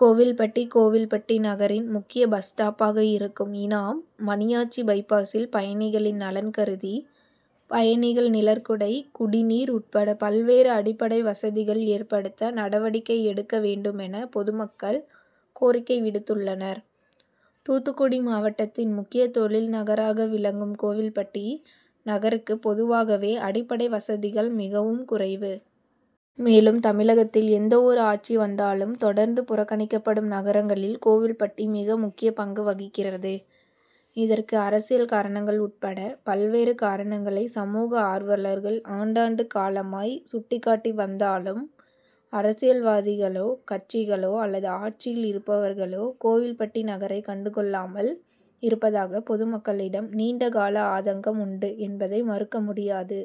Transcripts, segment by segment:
கோவில்பட்டி கோவில்பட்டி நகரின் முக்கிய பஸ் ஸ்டாப்பாக இருக்கும் இனாம் மணியாச்சி பைபாசில் பயணிகளின் நலன்கருதி பயணிகள் நிழற்குடை, குடிநீர் உட்பட பல்வேறு அடிப்படை வசதிகள் ஏற்படுத்த நடவடிக்கை எடுக்க வேண்டுமென பொதுமக்கள் கோரிக்கை விடுத்துள்ளனர். தூத்துக்குடி மாவட்டத்தின் முக்கிய தொழில் நகராக விளங்கும் கோவில்பட்டி நகருக்கு பொதுவாகவே அடிப்படை வசதிகள் மிகவும் குறைவு. மேலும் தமிழகத்தில் எந்தவொரு ஆட்சி வந்தாலும் தொடர்ந்து புறக்கணிக்கப்படும் நகரங்களில் கோவில்பட்டி மிக முக்கிய பங்கு வகிக்கிறது. இதற்கு அரசியல் காரணங்கள் உட் பட பல்வேறு காரணங்களை சமூக ஆர்வலர்கள் ஆண்டாண்டு காலமாய் சுட்டிக்காட்டி வந்தாலும் அரசியல்வாதிகளோ, கட்சிகளோ அல்லது ஆட்சியில் இருப்பவர்களோ கோவில்பட்டி நகரை கண்டுகொள்ளாமல் இருப்பதாக பொதுமக்களிடம் நீண்டகால ஆதங்கம் உண்டு என்பதை மறுக்க முடியாது.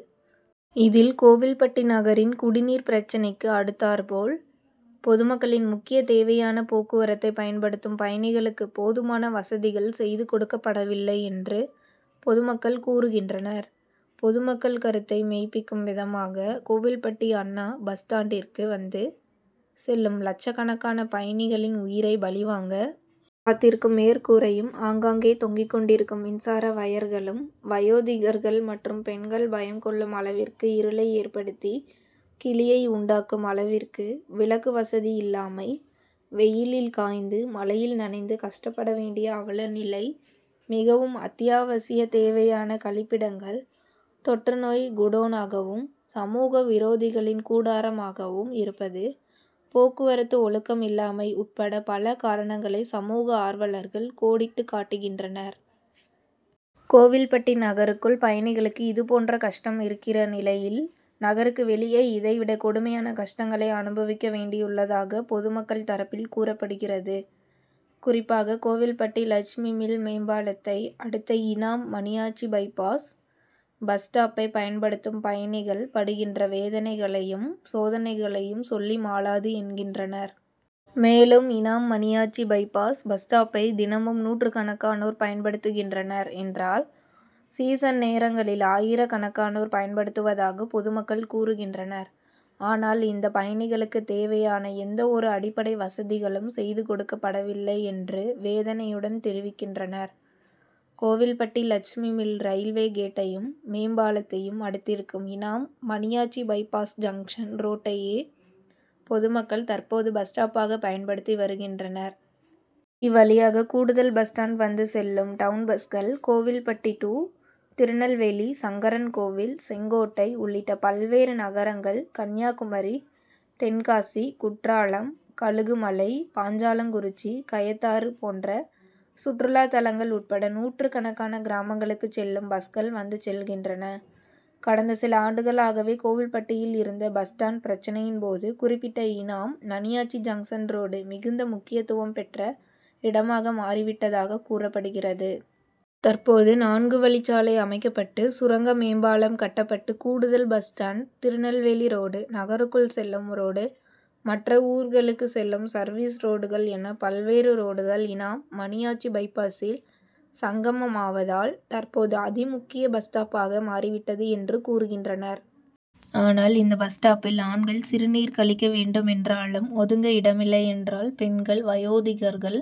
இதில் கோவில்பட்டி நகரின் குடிநீர் பிரச்னைக்கு அடுத்தாற்போல், பொதுமக்களின் முக்கிய தேவையான போக்குவரத்தை பயன்படுத்தும் பயணிகளுக்கு போதுமான வசதிகள் செய்து கொடுக்கப்படவில்லை என்று பொதுமக்கள் கூறுகின்றனர். பொதுமக்கள் கருத்தை மெய்பிக்கும் விதமாக கோவில்பட்டி அண்ணா பஸ் ஸ்டாண்டிற்கு வந்து செல்லும் லட்சக்கணக்கான பயணிகளின் உயிரை பலிவாங்க காத்திருக்கும் மேற்கூரையும், ஆங்காங்கே தொங்கிக் கொண்டிருக்கும் மின்சார வயர்களும், வயோதிகர்கள் மற்றும் பெண்கள் பயம் கொள்ளும் அளவிற்கு இருளை ஏற்படுத்தி கிலியை உண்டாக்கும் அளவிற்கு விளக்குவசதி இல்லாமை, வெயிலில் காய்ந்து, மழையில் நனைந்து கஷ்டப்பட வேண்டிய அவலநிலை, மிகவும் அத்தியாவசிய தேவையான கழிப்பிடங்கள் தொற்றுநோய் குடோனாகவும், சமூக விரோதிகளின் கூடாரமாகவும் இருப்பது, போக்குவரத்து ஒழுக்கம் இல்லாமை உட்பட பல காரணங்களை சமூக ஆர்வலர்கள் கோடிட்டு காட்டுகின்றனர். கோவில்பட்டி நகருக்குள் பயணிகளுக்கு இதுபோன்ற கஷ்டம் இருக்கிற நிலையில், நகருக்கு வெளியே இதைவிட கொடுமையான கஷ்டங்களை அனுபவிக்க வேண்டியுள்ளதாக பொதுமக்கள் தரப்பில் கூறப்படுகிறது. குறிப்பாக கோவில்பட்டி லட்சுமி மில் மேம்பாலத்தை அடுத்த இனாம் மணியாச்சி பைபாஸ் பஸ் ஸ்டாப்பை பயன்படுத்தும் பயணிகள் படுகின்ற வேதனைகளையும் சோதனைகளையும் சொல்லி மாளாது என்கின்றனர். மேலும் இனாம் மணியாச்சி பைபாஸ் பஸ் ஸ்டாப்பை தினமும் நூற்றுக்கணக்கானோர் பயன்படுத்துகின்றனர் என்றால், சீசன் நேரங்களில் ஆயிரக்கணக்கானோர் பயன்படுத்துவதாக பொதுமக்கள் கூறுகின்றனர். ஆனால் இந்த பயணிகளுக்கு தேவையான எந்தவொரு அடிப்படை வசதிகளும் செய்து கொடுக்கப்பட வில்லை என்று வேதனையுடன் தெரிவிக்கின்றனர். கோவில்பட்டி லட்சுமி மில் ரயில்வே கேட்டையும், மேல்பாலத்தையும் அடுத்திருக்கும் இனாம் மணியாச்சி பைபாஸ் ஜங்ஷன் ரோட்டையே பொதுமக்கள் தற்போது பஸ் ஸ்டாப்பாக பயன்படுத்தி வருகின்றனர். இவ்வழியாக கூடுதல் பஸ் ஸ்டாண்ட் வந்து செல்லும் டவுண்பஸ்கள், கோவில்பட்டி டூ திருநெல்வேலி, சங்கரன்கோவில், செங்கோட்டை உள்ளிட்ட பல்வேறு நகரங்கள், கன்னியாகுமரி, தென்காசி, குற்றாலம், கழுகுமலை, பாஞ்சாலங்குறிச்சி, கயத்தாறு போன்ற சுற்றுலாத்தலங்கள் உட்பட நூற்றுக்கணக்கான கிராமங்களுக்கு செல்லும் பஸ்கள் வந்து செல்கின்றன. கடந்த சில ஆண்டுகளாகவே கோவில்பட்டியில் இருந்த பஸ் ஸ்டாண்ட் பிரச்னையின் போது குறிப்பிட்ட இனாம் மணியாச்சி ஜங்ஷன் ரோடு மிகுந்த முக்கியத்துவம் பெற்ற இடமாக மாறிவிட்டதாக கூறப்படுகிறது. தற்போது நான்கு வழிச்சாலை அமைக்கப்பட்டு, சுரங்க மேம்பாலம் கட்டப்பட்டு கூடுதல் பஸ் ஸ்டாண்ட், திருநெல்வேலி ரோடு, நகருக்குள் செல்லும் ரோடு, மற்ற ஊர்களுக்கு செல்லும் சர்வீஸ் ரோடுகள் என பல்வேறு ரோடுகள் இனாம் மணியாச்சி பைபாசில் சங்கமம் ஆவதால் தற்போது அதிமுக்கிய பஸ் ஸ்டாப்பாக மாறிவிட்டது என்று கூறுகின்றனர். ஆனால் இந்த பஸ் ஸ்டாப்பில் ஆண்கள் சிறுநீர் கழிக்க வேண்டுமென்றாலும் ஒதுங்க இடம் இல்லையென்றால், பெண்கள், வயோதிகர்கள்,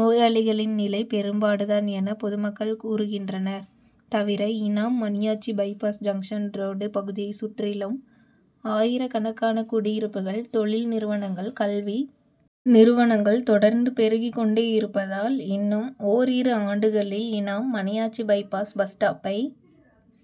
நோயாளிகளின் நிலை பெரும்பாடு தான் என பொதுமக்கள் கூறுகின்றனர். தவிர Inam Maniyachi bypass junction road பகுதியை சுற்றிலும் ஆயிரக்கணக்கான குடியிருப்புகள், தொழில் நிறுவனங்கள், கல்வி நிறுவனங்கள் தொடர்ந்து பெருகிக் கொண்டே இருப்பதால் இன்னும் ஓரிரு ஆண்டுகளில் இனாம் மணியாச்சி பைபாஸ் பஸ் ஸ்டாப்பை